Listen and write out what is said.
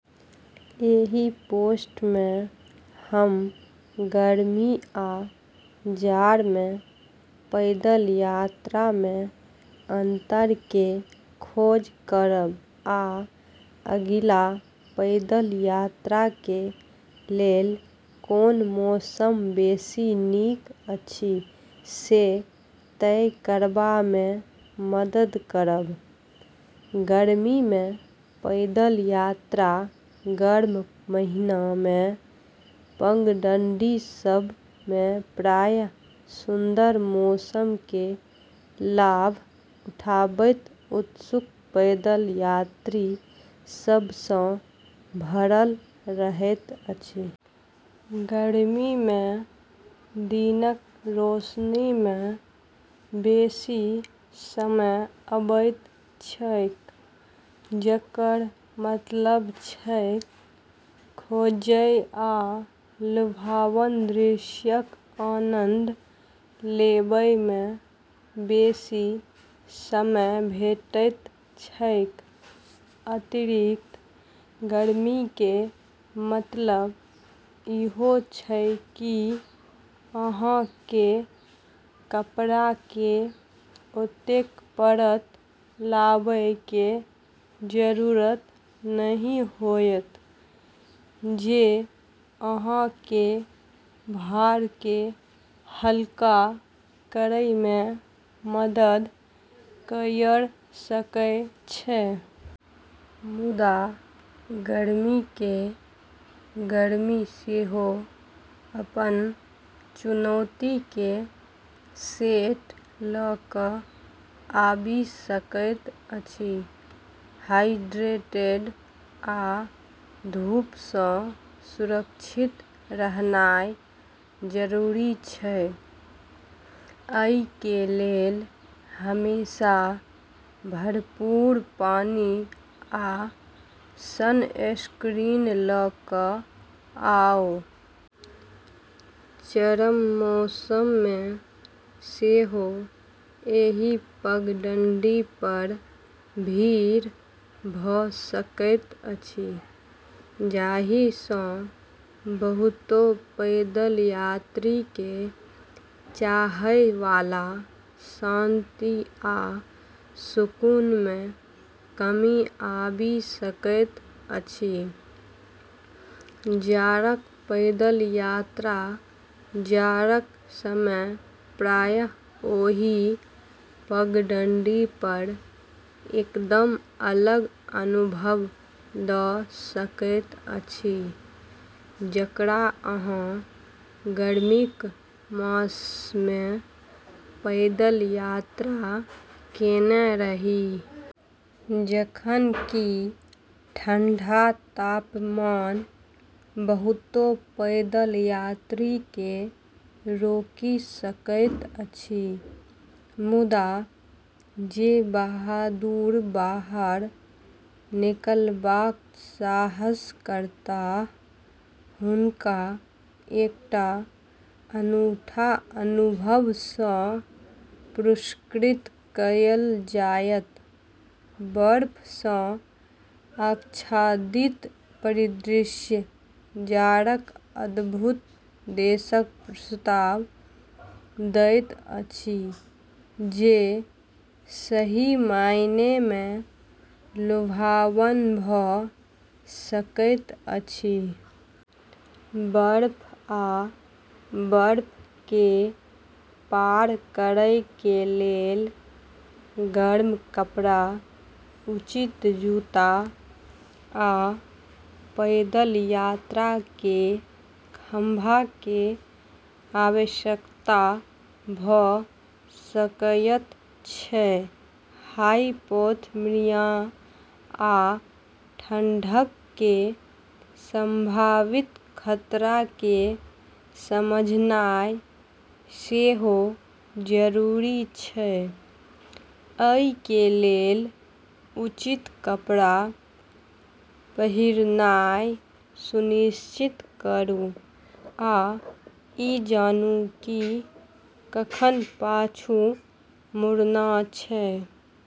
एहि पोस्ट में हम गर्मी आ जाड़ में पैदल यात्रा में अंतर के खोज करब आ अगिला पैदल यात्रा के लेल कोन मौसम बेसी नीक अछि से तय करबा में मदद करब। गर्मी में पैदल यात्रा गर्म महीना में, पगडंडी सब में प्रायः सुन्दर मौसम के लाभ उठाबैत उत्सुक पैदल यात्री सब सं भरल रहैत अछि। गर्मी में दिनक रोशनी में बेसी समय अबैत छैक, जकर मतलब छैक, खोजय आ लुभावन दृश्यक आनंद लेबय में बेसी समय भेटैत छैक। अतिरिक्त गर्मी कें मतलब इहो छै कि अहां कें कपड़ा कें ओतेक परत लावय कें जरूरत नहि होयत, जे अहां कें भार कें हल्का करय मे मदद कयर सकय छै। मुदा गर्मी के गर्मी सेहो अपन चुनौती के सेट ल क आबि सकैत अछि। हाइड्रेटेड आ धूप सं सुरक्षित रहनाय जरूरी छै, अइ कें लेल हमेशा भरपूर पानी आ सनस्क्रीन ल क आऊं। चरम मौसम में सेहो एहि पगडंडी पर भीड़ भ सकैत अछि, जाहि सं बहुतो पैदल यात्री के चाहय वाला शांति आ सुकून में कमी आबि सकैत अछि। जाड़क पैदल यात्रा जाड़क समय प्रायः ओही पगडंडी पर एकदम अलग अनुभव द सकैत अछि जकरा अहाँ गर्मीक मास में पैदल यात्रा केने रही। जखन कि ठंडा तापमान बहुतो पैदल यात्री के रोकि सकैत अछि, मुदा जे बहादुर बाहर निकलबाक साहस करताह हुनका एकटा अनूठा अनुभव सं पुरस्कृत कयल जायत। बर्फ सं आच्छादित परिदृश्य जाड़क अद्भुत देशक प्रस्ताव दैत अछि जे सही मायने में लुभावन भ सकैत अछि। बर्फ आ बर्फ कें पार करय कें लेल गर्म कपड़ा, उचित जूता, आ पैदल यात्रा कें खंभा कें आवश्यकता भ सकएयत छै। हाइपोथर्मिया आ ठंढक कें संभावित खतरा कें समझनाय सेहो जरूरी छै, अइ कें लेल उचित कपड़ा पहिरनाय सुनिश्चित करूं आ इ जानूं कि कखन पाछू मुड़ना छै।